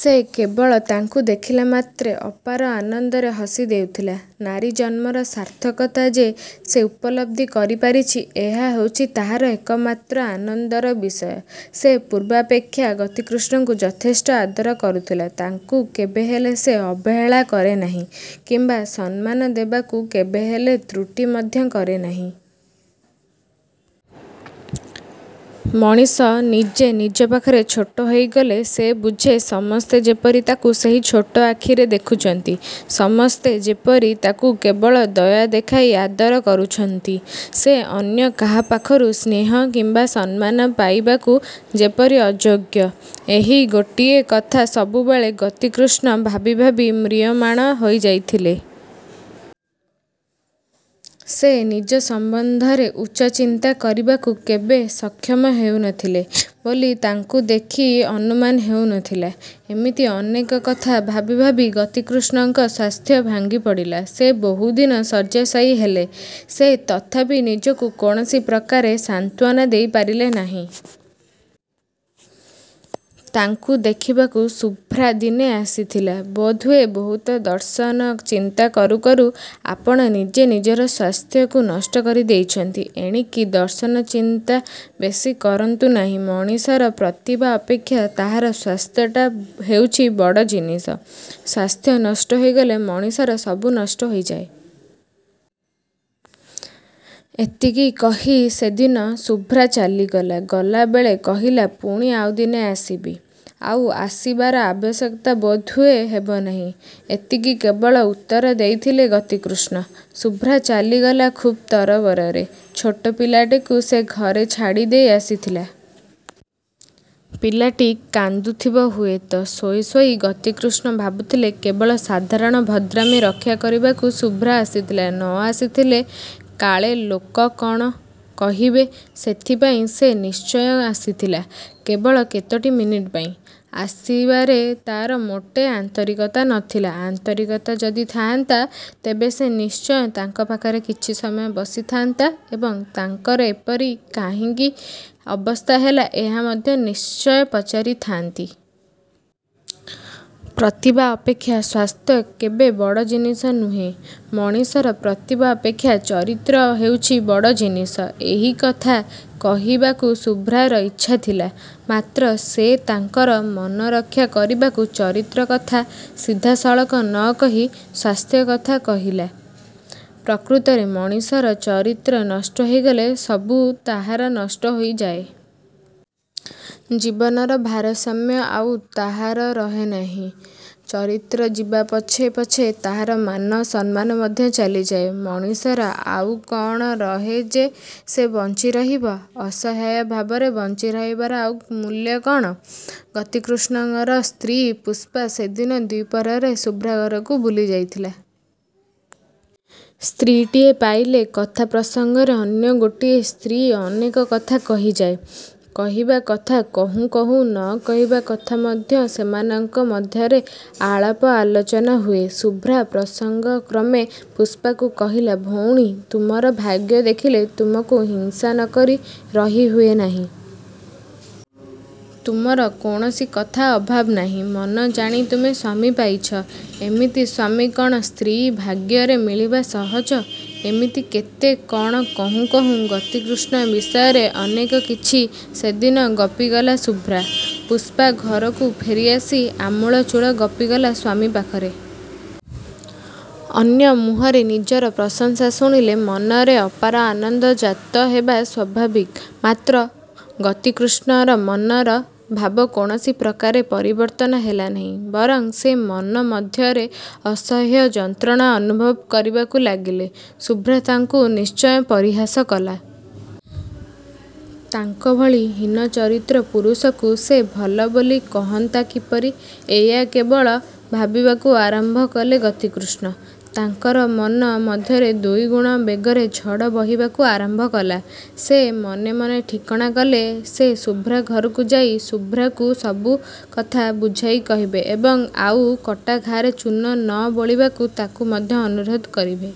ସେ କେବଳ ତାଙ୍କୁ ଦେଖିଲାମାତ୍ରେ ଅପାର ଆନନ୍ଦରେ ହସି ଦେଉଥିଲା। ନାରୀ ଜନ୍ମର ସାର୍ଥକତା ଯେ ସେ ଉପଲବ୍ଧି କରିପାରିଛି ଏହା ହେଉଛି ତାହାର ଏକମାତ୍ର ଆନନ୍ଦର ବିଷୟ। ସେ ପୂର୍ବାପେକ୍ଷା ଗତିକୃଷ୍ଣଙ୍କୁ ଯଥେଷ୍ଟ ଆଦର କରୁଥିଲା। ତାଙ୍କୁ କେବେହେଲେ ସେ ଅବହେଳା କରେନାହିଁ କିମ୍ବା ସମ୍ମାନ ଦେବାକୁ କେବେହେଲେ ତ୍ରୁଟି ମଧ୍ୟ କରେନାହିଁ। ମଣିଷ ନିଜେ ନିଜ ପାଖରେ ଛୋଟ ହୋଇଗଲେ ସେ ବୁଝେ ସମସ୍ତେ ଯେପରି ତାକୁ ସେହି ଛୋଟ ଆଖିରେ ଦେଖୁଛନ୍ତି। ସମସ୍ତେ ଯେପରି ତାକୁ କେବଳ ଦୟା ଦେଖାଇ ଆଦର କରୁଛନ୍ତି। ସେ ଅନ୍ୟ କାହାପାଖରୁ ସ୍ନେହ କିମ୍ବା ସମ୍ମାନ ପାଇବାକୁ ଯେପରି ଅଯୋଗ୍ୟ ଏହି ଗୋଟିଏ କଥା ସବୁବେଳେ ଗତିକୃଷ୍ଣ ଭାବିଭାବି ମ୍ରିୟମାଣ ହୋଇଯାଇଥିଲେ। ସେ ନିଜ ସମ୍ବନ୍ଧରେ ଉଚ୍ଚଚିନ୍ତା କରିବାକୁ କେବେ ସକ୍ଷମ ହେଉଥିଲେ ବୋଲି ତାଙ୍କୁ ଦେଖି ଅନୁମାନ ହେଉନଥିଲା। ଏମିତି ଅନେକ କଥା ଭାବି ଭାବି ଗତିକୃଷ୍ଣଙ୍କ ସ୍ୱାସ୍ଥ୍ୟ ଭାଙ୍ଗିପଡ଼ିଲା। ସେ ବହୁଦିନ ଶଯ୍ୟାଶାୟୀ ହେଲେ। ସେ ତଥାପି ନିଜକୁ କୌଣସି ପ୍ରକାରେ ସାନ୍ତ୍ୱାନା ଦେଇପାରିଲେ ନାହିଁ। ତାଙ୍କୁ ଦେଖିବାକୁ ଶୁଭ୍ରା ଦିନେ ଆସିଥିଲା। ବୋଧହୁଏ ବହୁତ ଦର୍ଶନ ଚିନ୍ତା କରୁକରୁ ଆପଣ ନିଜେ ନିଜର ସ୍ୱାସ୍ଥ୍ୟକୁ ନଷ୍ଟ କରିଦେଇଛନ୍ତି। ଏଣିକି ଦର୍ଶନ ଚିନ୍ତା ବେଶି କରନ୍ତୁ ନାହିଁ। ମଣିଷର ପ୍ରତିଭା ଅପେକ୍ଷା ତାହାର ସ୍ୱାସ୍ଥ୍ୟଟା ହେଉଛି ବଡ଼ ଜିନିଷ। ସ୍ୱାସ୍ଥ୍ୟ ନଷ୍ଟ ହୋଇଗଲେ ମଣିଷର ସବୁ ନଷ୍ଟ ହୋଇଯାଏ। '' ଏତିକି କହି ସେଦିନ ଶୁଭ୍ରା ଚାଲିଗଲା। ଗଲାବେଳେ କହିଲା, ''ପୁଣି ଆଉଦିନେ ଆସିବି। '' ''ଆଉ ଆସିବାର ଆବଶ୍ୟକତା ବୋଧହୁଏ ହେବନାହିଁ। ଏତିକି କେବଳ ଉତ୍ତର ଦେଇଥିଲେ ଗତିକୃଷ୍ଣ। '' ଶୁଭ୍ରା ଚାଲିଗଲା ଖୁବ୍ ତରବରରେ। ଛୋଟ ପିଲାଟିକୁ ସେ ଘରେ ଛାଡ଼ି ଦେଇ ଆସିଥିଲା। ପିଲାଟି କାନ୍ଦୁଥିବ ହୁଏତ। ଶୋଇଶୋଇ ଗତିକୃଷ୍ଣ ଭାବୁଥିଲେ କେବଳ ସାଧାରଣ ଭଦ୍ରାମି ରକ୍ଷାକରିବାକୁ ଶୁଭ୍ରା ଆସିଥିଲା, ନ ଆସିଥିଲେ କାଳେ ଲୋକ କ'ଣ କହିବେ ସେଥିପାଇଁ ସେ ନିଶ୍ଚୟ ଆସିଥିଲା କେବଳ କେତୋଟି ମିନିଟ୍ ପାଇଁ। ଆସିବାରେ ତା'ର ମୋଟେ ଆନ୍ତରିକତା ନ ଥିଲା। ଆନ୍ତରିକତା ଯଦି ଥାଆନ୍ତା ତେବେ ସେ ନିଶ୍ଚୟ ତାଙ୍କ ପାଖରେ କିଛି ସମୟ ବସିଥାଆନ୍ତା ଏବଂ ତାଙ୍କର ଏପରି କାହିଁକି ଅବସ୍ଥା ହେଲା ଏହା ମଧ୍ୟ ନିଶ୍ଚୟ ପଚାରିଥାଆନ୍ତି। ପ୍ରତିଭା ଅପେକ୍ଷା ସ୍ୱାସ୍ଥ୍ୟ କେବେ ବଡ଼ ଜିନିଷ ନୁହେଁ। ମଣିଷର ପ୍ରତିଭା ଅପେକ୍ଷା ଚରିତ୍ର ହେଉଛି ବଡ଼ ଜିନିଷ। ଏହିକଥା କହିବାକୁ ଶୁଭ୍ରାର ଇଚ୍ଛା ଥିଲା; ମାତ୍ର ସେ ତାଙ୍କର ମନରକ୍ଷା କରିବାକୁ ଚରିତ୍ର କଥା ସିଧାସଳଖ ନ କହି ସ୍ୱାସ୍ଥ୍ୟ କଥା କହିଲା। ପ୍ରକୃତରେ ମଣିଷର ଚରିତ୍ର ନଷ୍ଟ ହୋଇଗଲେ ସବୁ ତାହାର ନଷ୍ଟ ହୋଇଯାଏ। ଜୀବନର ଭାରସାମ୍ୟ ଆଉ ତାହାର ରହେନାହିଁ। ଚରିତ୍ର ଯିବା ପଛେ ପଛେ ତାହାର ମାନ, ସମ୍ମାନ ମଧ୍ୟ ଚାଲିଯାଏ। ମଣିଷର ଆଉ କ'ଣ ରହେ ଯେ ସେ ବଞ୍ଚିରହିବ? ଅସହାୟ ଭାବରେ ବଞ୍ଚିରହିବାର ଆଉ ମୂଲ୍ୟ କ'ଣ? ଗତିକୃଷ୍ଣର ସ୍ତ୍ରୀ ପୁଷ୍ପା ସେଦିନ ଦ୍ୱିପ୍ରହରରେ ଶୁଭ୍ରା ଘରକୁ ବୁଲିଯାଇଥିଲା। ସ୍ତ୍ରୀଟିଏ ପାଇଲେ କଥା ପ୍ରସଙ୍ଗରେ ଅନ୍ୟ ଗୋଟିଏ ସ୍ତ୍ରୀ ଅନେକ କଥା କହିଯାଏ। କହିବା କଥା କହୁଁ କହୁଁ ନ କହିବା କଥା ମଧ୍ୟ ସେମାନଙ୍କ ମଧ୍ୟରେ ଆଳାପ ଆଲୋଚନା ହୁଏ। ଶୁଭ୍ରା ପ୍ରସଙ୍ଗକ୍ରମେ ପୁଷ୍ପାକୁ କହିଲା, ''ଭଉଣୀ! ତୁମର ଭାଗ୍ୟ ଦେଖିଲେ ତୁମକୁ ହିଂସା ନ କରି ରହିହୁଏ ନାହିଁ।। ତୁମର କୌଣସି କଥା ଅଭାବ ନାହିଁ। ମନ ଜାଣି ତୁମେ ସ୍ୱାମୀ ପାଇଛ। ଏମିତି ସ୍ୱାମୀ କ'ଣ ସ୍ତ୍ରୀ ଭାଗ୍ୟରେ ମିଳିବା ସହଜ? '' ଏମିତି କେତେ କ'ଣ କହୁଁ କହୁଁ ଗତିକୃଷ୍ଣ ବିଷୟରେ ଅନେକ କିଛି ସେଦିନ ଗପିଗଲା ଶୁଭ୍ରା। ପୁଷ୍ପା ଘରକୁ ଫେରିଆସି ଆମୂଳଚୂଳ ଗପିଗଲା ସ୍ୱାମୀ ପାଖରେ। ଅନ୍ୟ ମୁହଁରେ ନିଜର ପ୍ରଶଂସା ଶୁଣିଲେ ମନରେ ଅପାର ଆନନ୍ଦ ଜାତ ହେବା ସ୍ୱାଭାବିକ ମାତ୍ର ଗତିକୃଷ୍ଣର ମନର ଭାବ କୌଣସି ପ୍ରକାରେ ପରିବର୍ତ୍ତନ ହେଲାନାହିଁ; ବରଂ ସେ ମନ ମଧ୍ୟରେ ଅସହ୍ୟ ଯନ୍ତ୍ରଣା ଅନୁଭବ କରିବାକୁ ଲାଗିଲେ। ଶୁଭ୍ରା ତାଙ୍କୁ ନିଶ୍ଚୟ ପରିହାସ କଲା। ତାଙ୍କ ଭଳି ହୀନଚରିତ୍ର ପୁରୁଷକୁ ସେ ଭଲ ବୋଲି କହନ୍ତା କିପରି? ଏୟା କେବଳ ଭାବିବାକୁ ଆରମ୍ଭ କଲେ ଗତିକୃଷ୍ଣ। ତାଙ୍କର ମନ ମଧ୍ୟରେ ଦୁଇଗୁଣ ବେଗରେ ଝଡ଼ ବହିବାକୁ ଆରମ୍ଭକଲା। ସେ ମନେମନେ ଠିକଣା କଲେ ସେ ଶୁଭ୍ରା ଘରକୁ ଯାଇ ଶୁଭ୍ରାକୁ ସବୁକଥା ବୁଝାଇ କହିବେ ଏବଂ ଆଉ କଟା ଘାଆରେ ଚୂନ ନ ବୋଳିବାକୁ ତାକୁ ମଧ୍ୟ ଅନୁରୋଧ କରିବେ।